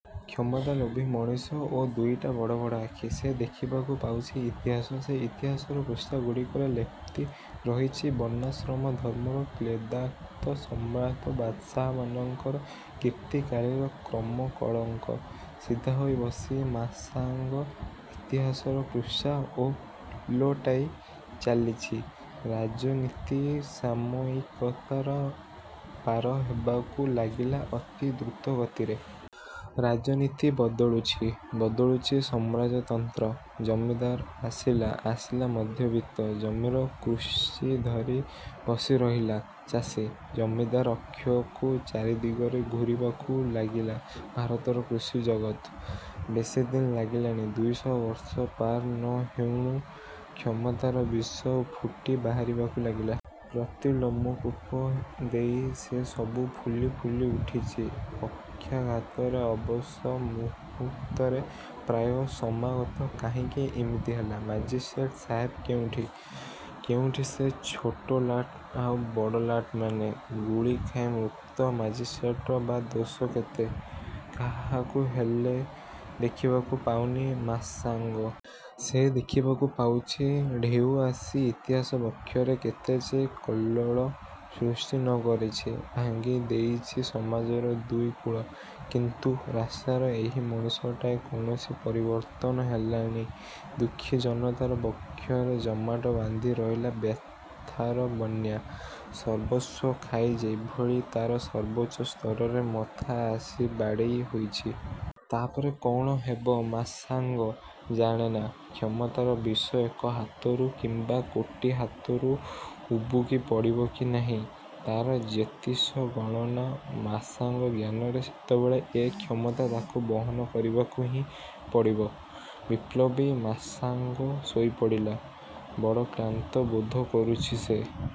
କ୍ଷମତାଲୋଭୀ ମଣିଷ ଓ ଦୁଇଟା ବଡ଼ ବଡ଼ ଆଖି। ସେ ଦେଖିବାକୁ ପାଉଛି ଇତିହାସ; ସେ ଇତିହାସର ପୃଷ୍ଠାଗୁଡ଼ିକରେ ଲେପ୍ଟି ରହିଛି ବର୍ଣ୍ଣାଶ୍ରମ ଧର୍ମର କ୍ଳେଦାକ୍ତ ସମ୍ରାଟ ବାଦଶାହମାନଙ୍କର କୀର୍ତ୍ତିକାଳିର କ୍ରମକଳଙ୍କ। ସିଧାହୋଇ ବସି ମାଶାଙ୍ଗ ଇତିହାସର ପୃଷ୍ଠା ଓଲଟାଇ ଚାଲିଛି। ରାଜନୀତି ସାମୟିକତାର ପାର ହେବାକୁ ଲାଗିଲା ଅତି ଦ୍ରୁତଗତିରେ। ରାଜନୀତି ବଦଳୁଛି, ବଦଳୁଛି ସମାଜତନ୍ତ୍ର। ଜମିଦାର ଆସିଲା, ଆସିଲା ମଧ୍ୟବିତ୍ତ। ଜମିର କୃଷି ଧରି ବସିରହିଲା ଚାଷୀ। ଜମିଦାର ଅକ୍ଷକୁ ଚାରିଦିଗରେ ଘୂରିବାକୁ ଲାଗିଲା ଭାରତର କୃଷି ଜଗତ୍। ବେଶୀଦିନ ଲାଗିଲାନି, ଦୁଇ ଶହ ବର୍ଷ ପାର ନ ହେଉଣୁ କ୍ଷମତାର ବିଷ ଫୁଟି ବାହାରିବାକୁ ଲାଗିଲା। ପ୍ରତି ଲୋମକୂପ ଦେଇ ସେସବୁ ଫୁଲି ଫୁଲି ଉଠିଛି। ପକ୍ଷାଘାତରେ ଅବଶ ମୁହୂର୍ତ୍ତରେ ପ୍ରାୟ ସମାଗତ। କାହିଁକି ଇମିତି ହେଲା? ମାଜିଷ୍ଟ୍ରେଟ ସାହେବ କେଉଁଠି? କେଉଁଠି ସେ ଛୋଟଲାଟ ଆଉ ବଡ଼ଲାଟମାନେ? ଗୁଳି ଖାଇ ମୃତ ମାଜିଷ୍ଟ୍ରେଟର ବା ଦୋଷ କେତେ? କାହାକୁ ହେଲେ ଦେଖିବାକୁ ପାଉନି ମାଶାଙ୍ଗ। ସେ ଦେଖିବାକୁ ପାଉଛି, ଢେଉ ଆସି ଇତିହାସ ବକ୍ଷରେ କେତେ ଯେ କଲ୍ଲୋଳ ସୃଷ୍ଟି ନ କରିଛି। ଭାଙ୍ଗିଦେଇଛି ସମାଜର ଦୁଇ କୂଳ! କିନ୍ତୁ ରାସ୍ତାର ଏହି ମଣିଷଟାଏ କୌଣସି ପରିବର୍ତ୍ତନ ହେଲାନି ଦୁଃଖୀ ଜନତାର ବକ୍ଷରେ ଜମାଟ ବାନ୍ଧି ରହିଲା ବ୍ୟଥାର ବନ୍ୟା। ସର୍ବସ୍ୱ ଖାଇ ଯେଭଳି ତାର ସର୍ବୋଚ୍ଚ ସ୍ତରରେ ମଥା ଆସି ବାଡ଼େଇ ହୋଇଛି। ତା'ପରେ କ'ଣ ହେବ ମାଶାଙ୍ଗ ଜାଣେନା। କ୍ଷମତାର ବିଷ ଏକ ହାତରୁ କିମ୍ବା କୋଟି ହାତରୁ ଉବୁକି ପଡ଼ିବ କି ନାହିଁ, ତା'ର ଜ୍ୟୋତିଷଗଣନା ମାଶାଙ୍ଗ ଜ୍ଞାନରେ ସେତେବେଳେ ଏ କ୍ଷମତା ତାକୁ ବହନ କରିବାକୁ ହିଁ ପଡ଼ିବ। ବିପ୍ଳବୀ ମାଶାଙ୍ଗ ଶୋଇପଡ଼ିଲା। ବଡ଼ କ୍ଳାନ୍ତ ବୋଧ କରୁଛି ସେ।